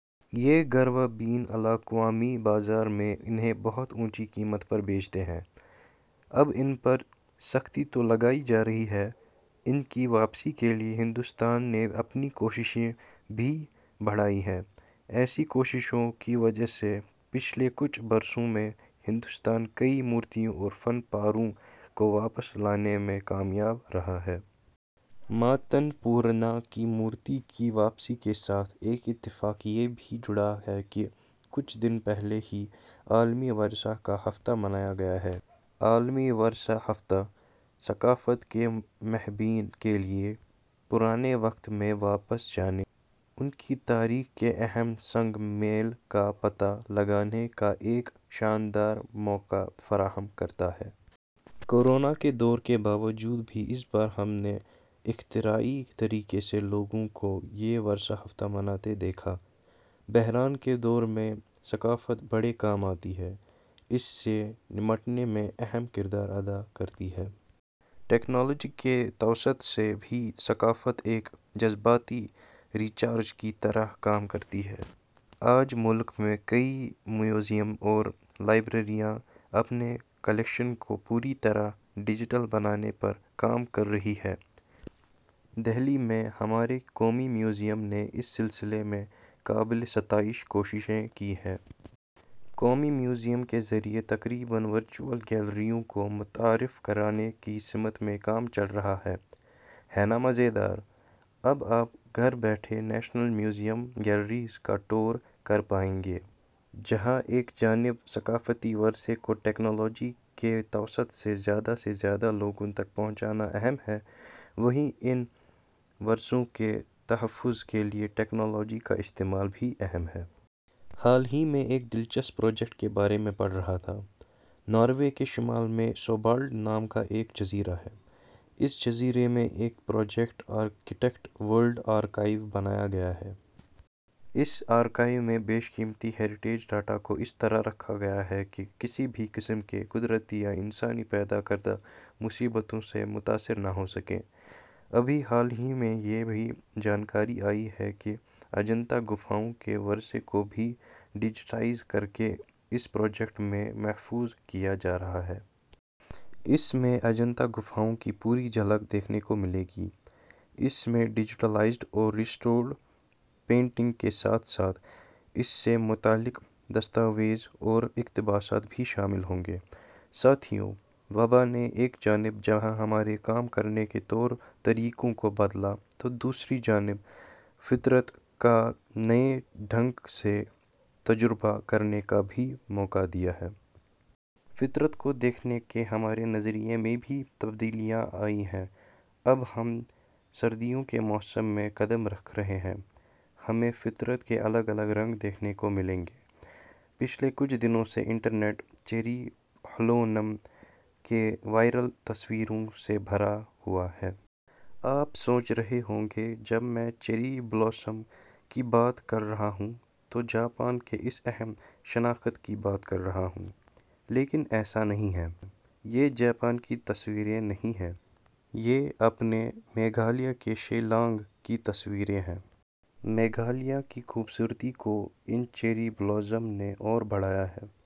یہ گروہ بین الاقوامی بازار میں، انہیں بہت اونچی قیمت پر بیچتے ہیں۔ اب ان پر سختی تو لگائی جارہی ہے ان کی واپسی کیلئے ہندوستان نے اپنی کوششیں بھی بڑھائی ہیں۔ ایسی کوششوں کی وجہ سے پچھلے کچھ برسوں میں ہندوستان کئی مورتیوں اور فن پاروں کو واپس لانے میں کامیاب رہا ہے۔ ماتا انّ پورنا کی مورتی کی واپسی کے سا تھ، ایک اتفاق یہ بھی جڑا ہے کہ کچھ دن پہلے ہی عالمی ورثہ کا ہفتہ منایا گیا ہے۔ عالمی ورثہ ہفتہ، ثقافت کے محبین کیلئے، پرانے وقت میں واپس جانے، ان کی تاریخ کے اہم سنگ میل کا پتہ لگانے کا ایک شاندار موقع فراہم کرتا ہے۔ کورونا کے دور کے باوجود بھی اس بار ہم نے اختراعی طریقے سے لوگوں کو یہ ورثہ ہفتہ مناتے دیکھا۔ بحران کے دور میں ثقافت بڑے کام آتی ہے۔ اس سے نمٹنے میں اہم کردار ادا کرتی ہے۔ ٹیکنالوجی کے توسط سے بھی ثقافت ایک جذباتی ریچارج کی طرح کام کرتی ہے۔ آج ملک میں کئی میوزیم اور لائبریریاں اپنے کلیکشن کو پوری طرح ڈیجیٹل بنانے پر کام کررہی ہیں۔ دہلی میں ہمارے قومی میوزیم نے اس سلسلے میں قابل ستائش کوششیں کی ہیں۔ قومی میوزیم کے ذریعے تقریباً ورچوول گیلریوں کو متعارف کرانے کی سمت میں کام چل رہا ہے۔ ہے نا مزیدار! اب آپ گھر بیٹھے نیشنل میوزیم گیلریز کا ٹور کرپائیں گے، جہاں ایک جانب ثقافتی ورثے کو ٹیکنالوجی کے توسط سے زیادہ سے زیادہ لوگوں تک پہنچانا اہم ہے وہیں ان ورثوں کے تحفظ کیلئے ٹیکنالوجی کا استعمال بھی اہم ہے۔ حال ہی میں ایک دلچسپ پروجیکٹ کے بارے میں پڑھ رہا تھا، ناروے کے شمال میں سولباڈ نام کا ایک جزیرہ ہے ، اس جزیرے میں ایک پروجیکٹ آرکٹک ورلڈ آرکائیو بنایا گیا ہے۔ اس آرکائیو میں بیش قیمتی ہیریٹیج ڈاٹا کو اس طرح سے رکھا گیا ہے کہ کسی بھی قسم کے قدرتی یا انسانی پیدا کردہ مصیبتوں سے متاثر نہ ہوسکیں۔ ابھی حال ہی میں یہ بھی جانکاری آئی ہے کہ اجنتا گپھاؤں کے ورثے کو بھی ڈیجیٹائز کرکے اس پروجیکٹ میں محفوظ کیا جارہا ہے۔ اس میں اجنتا گپھاؤں کی پوری جھلک دیکھنے کو ملے گی۔ اس میں ڈیجیٹلائزڈ اور ریسٹورڈ پینٹنگ کے ساتھ ساتھ اس سے متعلق دستاویز اور اقتباسات بھی شامل ہوں گے۔ ساتھیو، وبا نے ایک جانب جہاں ہمارے کام کرنے کے طور طریقوں کو بدلا ہے تو دوسری جانب فطرت کا نئے ڈھنگ سے تجربہ کرنے کا بھی موقع دیا ہے۔ فطرت کو دیکھنے کے ہمارے نظریے میں بھی تبدیلی آئی ہے۔ اب ہم سردیوں کے موسم میں قدم رکھ رہے ہیں، ہمیں فطرت کے الگ الگ رنگ دیکھنے کو ملیں گے۔ پچھلے کچھ دنوں سے انٹرنیٹ، چیری بلوزم کی وائرل تصویروں سے بھرا ہوا ہے۔ آپ سوچ رہے ہوں گے جب میں چیری بلوزم کی بات کررہا ہوں تو جاپان کے اس اہم شناخت کی بات کررہا ہوں۔ لیکن ایسا نہیں ہے۔ یہ جاپان کی تصویریں نہیں ہیں، یہ اپنے میگھالیہ کے شیلانگ کی تصویریں ہیں۔ میگھالیہ کی خوبصورتی کو ان چیری بلوزم نے اور بڑھادیا ہے۔